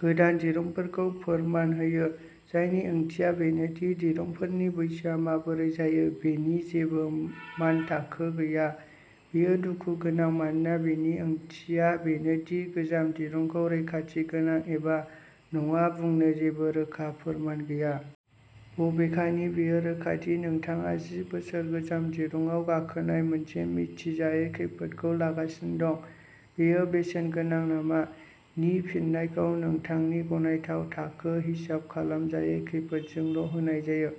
गोदान दिरुंफोरखौ फोरमान होयो। जायनि ओंथिया बेनो दि दिरुंफोरनि बैसोआ माबोरै जायो बेनि जेबो मानथाखो गैया। बेयो दुखु गोनां मानोना बेनि ओंथिया बेनो दि गोजाम दिरुंखौ रैखाथि गोनां एबा नङा बुंनो जेबो रोखा फोरमान गैया। बबेखानि, बेयो रोखा दि नोंथाङा जि बोसोर गोजाम दिरुंआव गाखोनाय मोनसे मिथिजायै खैफोदखौ लागासिनो दं। बेयो बेसेनगोनां नामा? नि फिननायखौ नोंथांनि गनायथाव थाखो हिसाब खालामजायै खैफोदजोंल' होनाय जायो।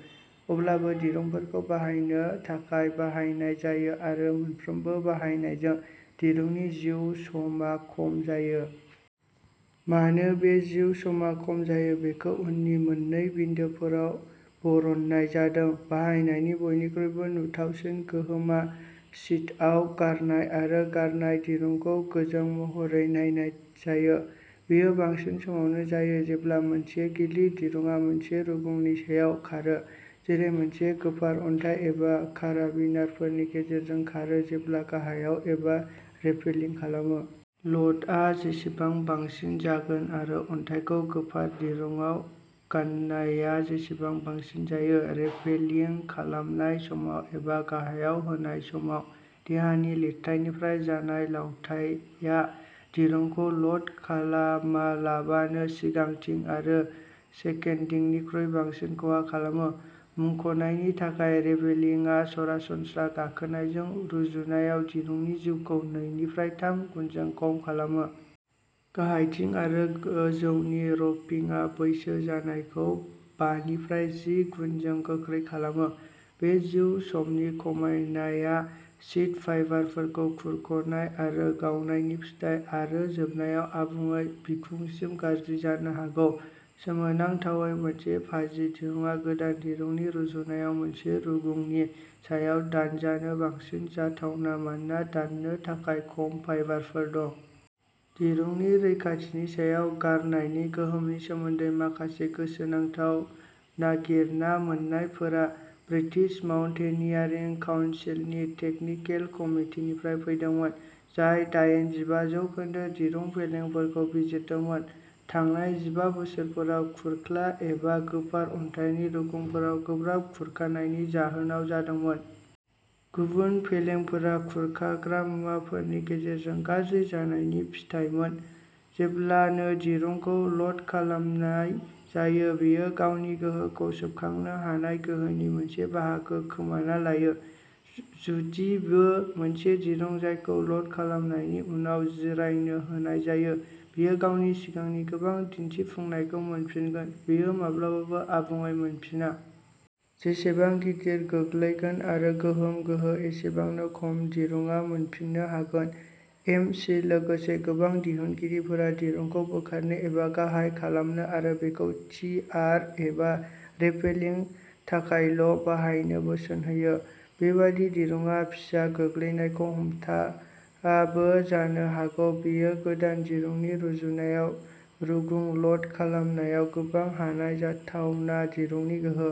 अब्लाबो दिरुंफोरखौ बाहायनो थाखाय बाहायनाय जायो आरो मोनफ्रोमबो बाहायनायजों, दिरुंनि जिउ समा खम जायो। मानो, बे जिउ समा खम जायो बेखौ उननि मोन्नै बिन्दोफोराव बरनायनाय जादों। बाहायनायनि बयनिख्रुइबो नुथावसिन गोहोमआ सिथआव गारनाय आरो गारनाय, दिरुंखौ गोजों महरै नायनाय जायो। बेयो बांसिन समावनो जायो जेब्ला मोनसे गिलिर दिरुंआ मोनसे रुगुंनि सायाव खारो, जेरै मोनसे गोफार अन्थाइ एबा काराबिनारफोरनि गेजेरजों खारो जेब्ला गाहायाव एबा रेपेलिं खालामो। ल'डआ जेसेबां बांसिन जागोन आरो अन्थाइखौ गोफार दिरुंआव गान्नाया जेसेबां बांसिन जायो। रेपेलिं खालामनाय समाव एबा गाहायाव होनाय समाव देहानि लिरथाइनिफ्राय जानाय लावथाया दिरुंखौ ल'ड खालामालाबानो सिगांथिं आरो सेकेन्डिंनिख्रुइ बांसिन खहा खालामो। मुंख'नायनि थाखाय रेपेलिंआ सरासनस्रा गाखोनायजों रुजुनायाव दिरुंनि जिउखौ नैनिफ्राय थाम गुनजों खम खालामो। गाहायथिं आरो गोजौनि र'पिंआ बैसो जानायखौ बानिफ्राय जि गुनजों गोख्रै खालामो। बे जिउसमनि खमायनाया सिथ फाइबारफोरखौ खुरख'नाय आरो गावनायनि फिथाय, आरो जोबनायाव आबुङै बिखुंसिम गाज्रि जानो हागौ। सोमोनांथावै, मोनसे फाजि दिरुंआ गोदान दिरुंनि रुजुनायाव मोनसे रुगुंनि सायाव दानजानो बांसिन जाथावना मानोना दाननो थाखाय खम फाइबारफोर दं। दिरुंनि रैखाथिनि सायाव गारनायनि गोहोमनि सोमोन्दै माखासे गोसोनांथाव नागिरना मोन्नायफोरा ब्रिटिश माउन्टेनियारिं काउनसिलनि टेकनिकेल कमिटिनिफ्राय फैदोंमोन, जाय दायेनजिबा जौखोन्दो दिरुं फेलेंफोरखौ बिजिरदोंमोन। थांनाय जिबा बोसोरफोराव खुरख्ला एबा गोफार अन्थाइनि रुगुंफोराव गोब्राब खुरखानायनि जाहोनाव जादोंमोन। गुबुन फेलेंफोरा खुरखाग्रा मुवाफोरनि गेजेरजों गाज्रि जानायनि फिथायमोन। जेब्लानो दिरुंखौ ल'ड खालामनाय जायो, बेयो गावनि गोहोखौ सोबखांनो हानाय गोहोनि मोनसे बाहागो खोमाना लायो। जुदिबो मोनसे दिरुं जायखौ ल'ड खालामनायनि उनाव जिरायनो होनाय जायो, बेयो गावनि सिगांनि गोबां दिन्थिफुंनायखौ मोनफिनगोन, बेयो माब्लाबाबो आबुङै मोनफिना। जेसेबां गिदिर गोग्लैगोन आरो गोहोम गोहो एसेबांनो खम दिरुंआ मोनफिननो हागोन। एम सि लोगोसे गोबां दिहुनगिरिफोरा दिरुंखौ बोखारनो एबा गाहाय खालामनो आरो बेखौ टि आर एबा रेपेलिंनि थाखायल' बाहायनो बोसोन होयो। बेबादि दिरुंआ फिसा गोग्लैनायखौ हमथाबो जानो हागौ, बेयो गोदान दिरुंनि रुजुनायाव रुगुं ल'ड खालामनायाव गोबां हानाय जाथावना दिरुंनि गोहो।